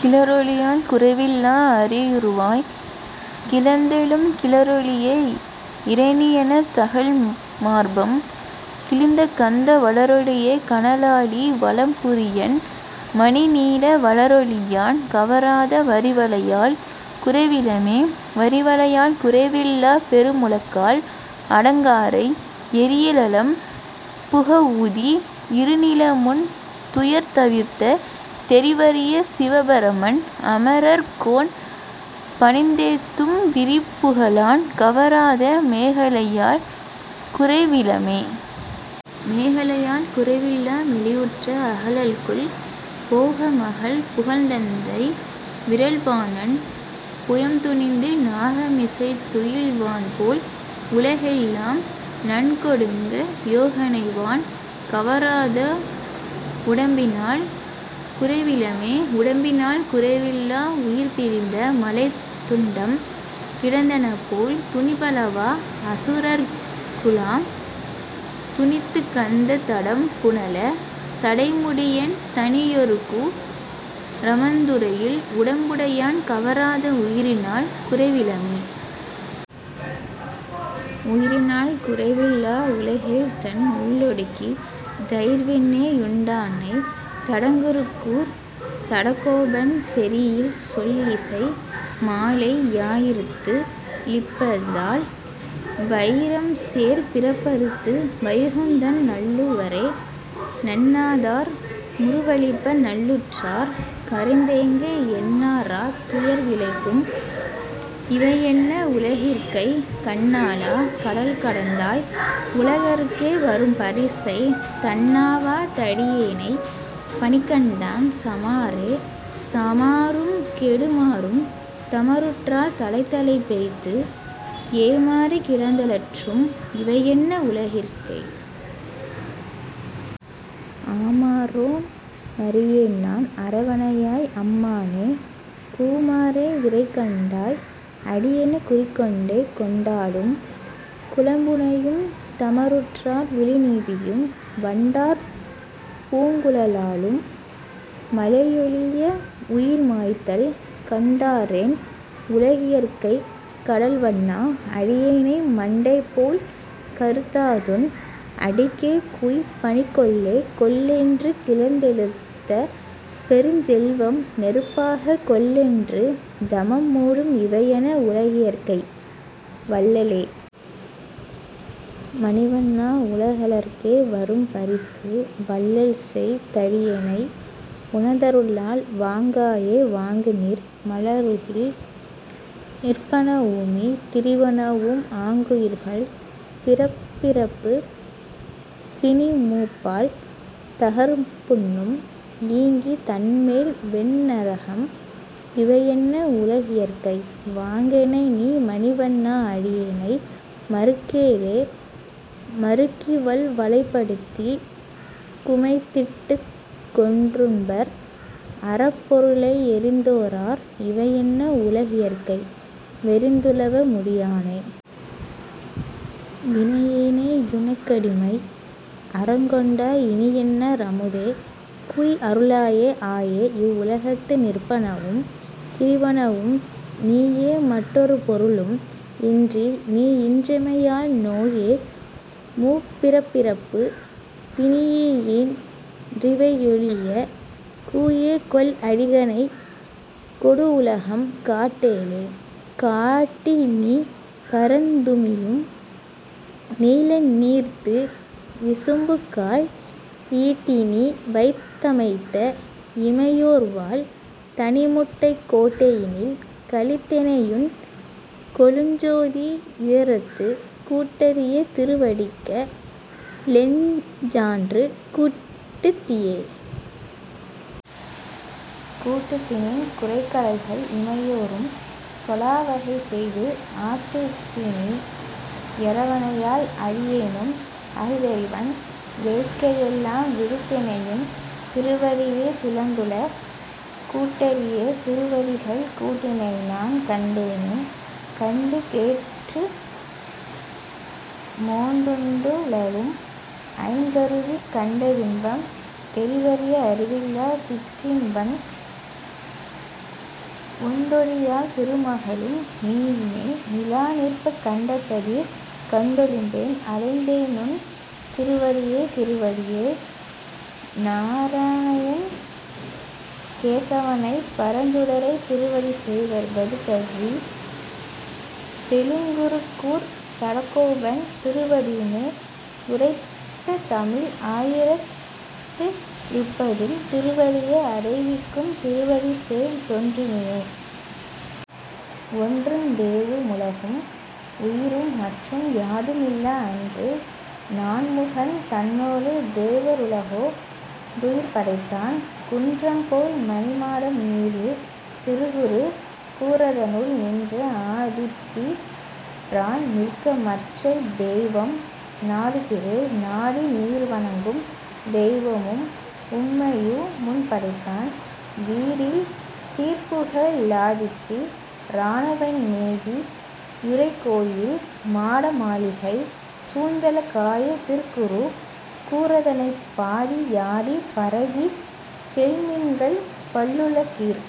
கிளரொளியால் குறைவில்லா அரியுருவாய்க் கிளர்ந்தெழுந்து, கிளரொளிய இரணியன தகல்மார்பம் கிழிந்துகந்த, வளரொளிய கனலாழி வலம்புரியன் மணிநீல, வளரொளியான் கவராத வரிவளையால் குறைவிலமே.. வரிவளையால் குறைவில்லாப் பெருமுழக்கால் அடங்காரை, எரியழலம் புகவூதி யிருநிலமுன் துயர்தவிர்த்த, தெரிவரிய சிவன்பிரமன் அமரர் கோன் பணிந்தேத்தும், விரிபுகழான் கவராத மேகலையால் குறைவிலமே.. மேகலையால் குறைவில்லா மெலிவுற்ற அகலல்குல், போகமகள் புகழ்த்தந்தை விறல்வாணன் புயம்துணித்து, நாகமிசைத் துயில்வான்போல் உலகெல்லாம் நன்கொடுங்க, யோகணைவான் கவராத வுடம்பினால் குறைவிலமே.. உடம்பினால் குறைவில்லா உயிர்பிரிந்த மலைத்துண்டம், கிடந்தனபோல் துணிபலவா அசுரர் குழாம் துணித்துகந்த, தடம்புனல சடைமுடியன் தனியொருகூ றமர்ந்துறையும், உடம்புடையான் கவராத உயிரினால் குறைவிலமே. உயிரினால் குறைவில்லா உலகேழ்தன் உள்ளொடுக்கி, தயிர்வெண்ணெ யுண்டானைத், தடங்குருகூர்ச் சடகோபன், செயிரில்சொல் லிசைமாலை யாயிரத்து ளிப்பத்தால் வயிரம்சேர் பிறப்பறுத்து வைகுந்தம் நண்ணுவரே. நண்ணாதார் முறுவலிப்ப நல்லுற்றார் கரைந்தேங்க, எண்ணாராத் துயர்விளைக்கும் இவையென்ன உலகியற்கை?, கண்ணாளா. கடல்கடைந்தாய். உனகழற்கே வரும்பரிசு, தண்ணாவா தடியேனைப் பணிகண்டாய் சமாறே.. சமாறும் கெடுமாறும் தமருற்றார் தலைத்தலைப்பெய்து, ஏமாறிக் கிடந்தலற்றும் இவையென்ன உலகியற்கை?, ஆமாறொன் றறியேன்நான் அரவணையாய். அம்மானே, கூமாறே விரைகண்டாய் அடியேனைக் குறிக்கொண்டே.. கொண்டாட்டும் குலம்புனைவும் தமருற்றார் விழுநிதியும், வண்டார்பூங் குழலாளும் மனையொழிய வுயிர்மாய்தல், கண்டாற்றேன் உலகியற்கை கடல்வண்ணா. அடியேனைப் பண்டேபோல் கருதாதுன் அடிக்கேகூய்ப் பணிகொள்ளே.. கொள்ளென்று கிளர்ந்தெழுந்த பெருஞ்செல்வம் நெருப்பாக, கொள்ளென்று தமம்மூடும் இவையென்ன உலகியற்கை? வள்ளலே. மணிவண்ணா. உனகழற்கே வரும்பரிசு, வள்ளல்செய் தடியேனை உனதருளால் வாங்காயே.. வாங்குநீர் மலருலகில் நிற்பனவுமீ திரிவனவும், ஆங்குயிர்கள் பிறப்பிறப்புப் பிணிமூப்பால் தகர்ப்புண்ணும், ஈங்கிதன்மேல் வெந்நரகம் இவையென்ன உலகியற்கை? வாங்கெனைநீ மணிவண்ணா. அடியேனை மறுக்கேலே.. மறுக்கிவல் வலைப்படுத்திக் குமைத்திட்டுக் கொன்றுண்பர், அறப்பொருளை யறிந்தோரார் இவையென்ன உலகியற்கை? வெறிந்துளவ முடியானே. வினையேனை யுனக்கடிமை அறக்கொண்டாய், இனியென்னா ரமுதே. கூய் அருளாயே.. ஆயே. இவ் வுலகத்து நிற்பனவும் திரிவனவும் நீயேமற் றொருபொருளும் இன்றிநீ நின்றமையால், நோயேமூப் பிறப்பிறப்புப் பிணியேயென் றிவையொழியக், கூயேகொள் அடியேனைக் கொடுவுலகம் காட்டேலே.. காட்டிநீ கரந்துமிழும் நிலநீர்தீ விசும்புகால், ஈட்டீநீ வைத்தமைத்த இமையோர்வாழ் தனிமுட்டைக், கோட்டையினில் கழித்தெனையுன் கொழுஞ்சோதி யுயரத்து, கூட்டரிய திருவடிக்க ளெஞ்ஞான்று கூட்டுதியே?. கூட்டுதிநின் குரைகழல்கள் இமையோரும் தொழாவகை செய்து, ஆட்டுதிநீ யரவணையாய். அடியேனும் அஃதறிவன், வேட்கையெல்லாம் விடுத்தெனையுன் திருவடியே சுமந்துழல, கூட்டரிய திருவடிக்கள் கூட்டினைநான் கண்டேனே.. கண்டுகேட் டுற்றுமோந்துண்டுழலும் ஐங்கருவி கண்டவின்பம், தெரிவரிய அளவில்லாச் சிற்றின்பம், ஒண்டொடியாள் திருமகளும் நீயுமே நிலாநிற்பக், கண்டசதிர் கண்டொழிந்தேன் அடைந்தேனுன் திருவடியே. திருவடியை நாரணனைக்கேசவனைப் பரஞ்சுடரை, திருவடிசேர் வதுகருதிச் செழுங்குருகூர்ச் சடகோபன், திருவடிமே லுரைத்ததமிழ் ஆயிரத்து ளிப்பத்தும், திருவடியே அடைவிக்கும் திருவடிசேர்ந் தொன்றுமினே. ஒன்றுந் தேவு முலகும் உயிரும் மற்றும் யாதுமில்லா அன்று, நான்முகன் தன்னொடு தேவ ருலகோ டுயிர்படைத்தான், குன்றம் போல்மணி மாடம் நீடு திருக்குரு கூரதனுள், நின்ற ஆதிப்பி ரான்நிற்க மற்றைத் தெய்வம் நாடுதிரே.. நாடி நீர்வ ணங்கும் தெய்வமும் உம்மையு முன்படைத்தான், வீடில் சீர்ப்புக ழாதிப்பி ரானவன் மேவி யுறைகோயில், மாட மாளிகை சூழ்ந்தழ காய திருக்குரு கூரதனைப், பாடி யாடிப் பரவிச் செல்மின்கள் பல்லுல கீர்.